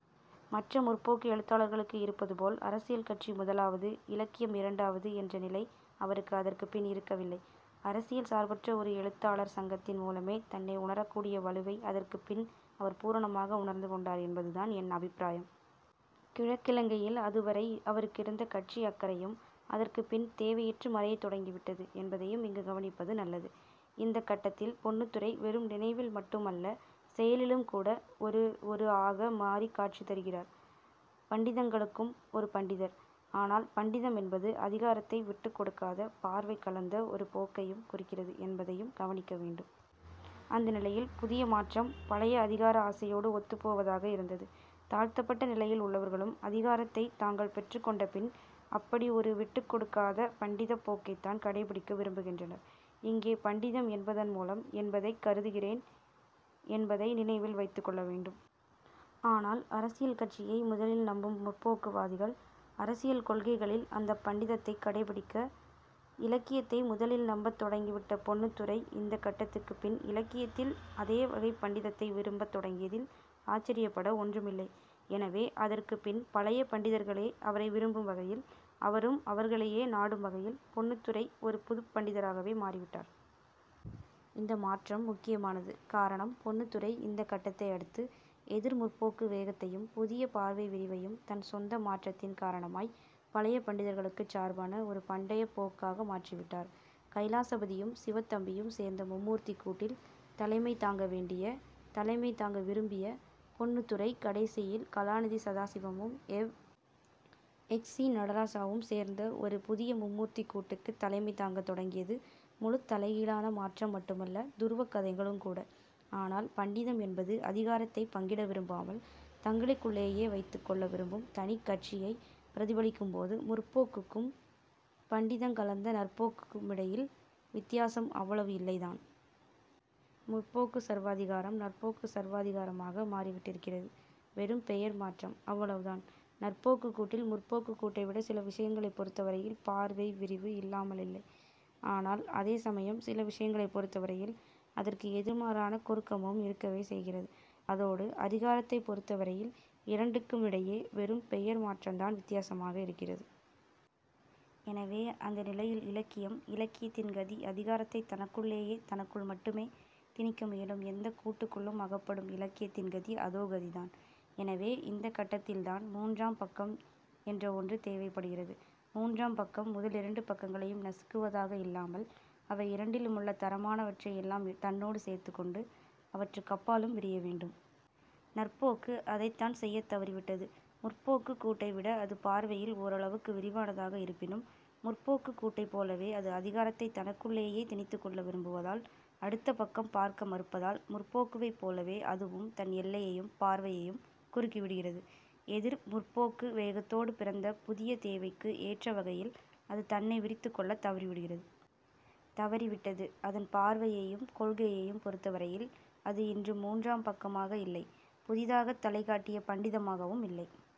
மற்ற 'முற்போக்கு' எழுத்தாளர்களுக்கு இருப்பதுபோல் அரசியல் கட்சி முதலாவது, இலக்கியம் இரண்டாவது என்ற நிலை அவருக்கு அதற்குப் பின் இருக்கவில்லை. அரசியல் சார்பற்ற ஒரு எழுத்தாளர் சங்கத்தின் மூலமே தன்னை உணரக்கூடிய வலுவை அதற்குப் பின் அவர் பூரணமாக உணர்ந்து கொண்டார் என்பதுதான் என் அபிப்பிராயம். கிழக்கிழங்கையில் அதுவரை அவருக்கிருந்த கட்சி அக்கறையும் அதற்குப் பின் தேவையற்று மறையத் தொடங்கிவிட்டது என்பதையும் இங்கு கவனிப்பது நல்லது. இந்தக் கட்டத்தில் பொன்னுத்துரை வெறும் நினைவில் மட்டும் அல்ல செயலிலும்கூட ஒரு ஒரு ஆக மாறிக் காட்சி தருகிறார். பண்டிதங்களுக்கும் ஒரு பண்டிதர். ஆனால் பண்டிதம் என்பது அதிகாரத்தை விட்டுக் கொடுக்காத பார்வை கலந்த ஒரு போக்கையும் குறிக்கிறது என்பதையும் கவனிக்க வேண்டும். அந்த நிலையில் புதிய மாற்றம் பழைய அதிகார ஆசையோடு ஒத்துப்போவதாகவே இருந்தது. தாழ்த்தப்பட்ட நிலையில் உள்ளவர்களும் அதிகாரத்தைத் தாங்கள் பெற்றக் கொண்ட பின் அப்படி ஒரு விட்டுக்கொடுக்காத பண்டிதப் போக்கைத்தான் கடைப்பிடிக்க விரும்புகின்றனர். இங்கே பண்டிதம் என்பதன் மூலம் என்பதைக் கருதுகிறேன் என்பதை நினைவில் வைத்துக் கொள்ள வேண்டும். ஆனால் அரசியல் கட்சியை முதலில் நம்பும் 'முற்போக்கு'வாதிகள் அரசியல் கொள்கைகளில் அந்தப் பண்டிதத்தைக் கடைப்பிடிக்க, இலக்கியத்தை முதலில் நம்பத் தொடங்கிவிட்ட பொன்னுத்துரை இந்த கட்டத்துக்குப் பின் இலக்கியத்தில் அதே வகைப் பண்டிதத்தை விரும்பத் தொடங்கியதில் ஆச்சரியப்பட ஒன்றுமில்லை. எனவே, அதற்குப் பின் பழைய பண்டிதர்களே அவரை விரும்பும் வகையில், அவரும் அவர்களையே நாடும் வகையில் பொன்னுத்துரை ஒரு புதுப் பண்டிதராகவே மாறிவிட்டார். இந்த மாற்றம் முக்கியமானது. காரணம், பொன்னுத்துரை இந்தக் கட்டத்தை அடுத்து 'எதிர் முற்போக்கு' வேகத்தையும் புதிய பார்வை விரிவையும், தன் சொந்த மாற்றத்தின் காரணமாய் பழைய பண்டிதர்களுக்குச் சார்பான ஒரு பண்டைய போக்காக மாற்றிவிட்டார். கைலாசபதியும் சிவத்தம்பியும் சேர்ந்த மும்மூர்த்திக்கூட்டில் தலைமை தாங்க வேண்டிய, தலைமை தாங்க விரும்பிய பொன்னுத்துரை கடைசியில் கலாநிதி சதாசிவமும், எவ். எக்ஸ். சி. நடராசாவும் சேர்ந்த ஒரு புதிய மும்மூர்த்திக் கூட்டுக்குத் தலைமை தாங்கத் தொடங்கியது முழுத் தலைகீழான மாற்றம் மட்டுமல்ல துருவக் கதைகளுங்கூட. ஆனால் பண்டிதம் என்பது அதிகாரத்தைப் பங்கிட விரும்பாமல் தங்களுக்குள்ளேயே வைத்துக் கொள்ள விரும்பும் தனிக் கட்சி. ஐ பிரதிபலிக்கும்போது முற்போக்குக்கும் பண்டிதங் கலந்த 'நற்போக்கு' மிடையில் வித்தியாசம் அவ்வளவு இல்லைத்தான். 'முற்போக்கு' சர்வாதிகாரம் 'நற்போக்கு' சர்வாதிகாரமாக மாறிவிட்டிருக்கிறது. வெறும் பெயர் மாற்றம். அவ்வளவுதான். நற்போக்குக் கூட்டில் 'முற்போக்கு'க் கூட்டை விட சில விசயங்களைப் பொருத்தவரையில் பார்வை விரிவு இல்லாமலில்லை. ஆனால் அதே சமயம் சில விசயங்களைப் பொருத்தவரையில் அதற்கு எதிர்மாறான குறுக்கமும் இருக்கவே செய்கிறது. அதோடு அதிகாரத்தைப் பொருத்தவரையில் இரண்டுக்குமிடையே வெறும் பெயர் மாற்றந்தான் வித்தியாசமாக இருக்கிறது. எனவே அந்த நிலையில் இலக்கியம் இலக்கியத்தின் கதி அதிகாரத்தைத் தனக்குள்ளேயே தனக்குள் மட்டுமே, திணிக்க முயலும் எந்தக் கூட்டுக்குள்ளும் அகப்படும் இலக்கியத்தின் கதி அதோ கதிதான். எனவே இந்தக் கட்டத்தில்தான் 'மூன்றாம் பக்கம்' என்ற ஒன்று தேவைப்படுகிறது. மூன்றாம் பக்கம் முதலிரண்டு பக்கங்களையும் நசுக்குவதாக இல்லாமல் அவை இரண்டிலுமுள்ள தரமானவற்றை எல்லாம் தன்னோடு சேர்த்துக்கொண்டு அவற்றுக்கப்பாலும் விரிய வேண்டும். 'நற்போக்கு' அதைத்தான் செய்யத் தவறிவிட்டது. 'முற்போக்கு'க் கூட்டை விட அது பார்வையில் ஓரளவுக்கு விரிவானதாக இருப்பினும் 'முற்போக்கு'க் கூட்டைப் போலவே அது அதிகாரத்தைத் தனக்குள்ளேயே திணித்துக்கொள்ள விரும்புவதால் அடுத்த பக்கம் பார்க்க மறுப்பதால் முற்போக்குவைப் போலவே அதுவும் தன் எல்லையையும் பார்வையையும் குறுக்கிவிடுகிறது. எதிர் 'முற்போக்கு' வேகத்தோடு பிறந்த புதிய தேவைக்கு ஏற்ற வகையில் அது தன்னை விரித்துக்கொள்ளத் தவறிவிடுகிறது. தவறிவிட்டது. அதன் பார்வையையும் கொள்கையையும் பொருத்தவரையில் அது இன்று மூன்றாம் பக்கமாக இல்லை. புதிதாகத் தலைகாட்டிய பண்டிதமாகவும் இல்லை.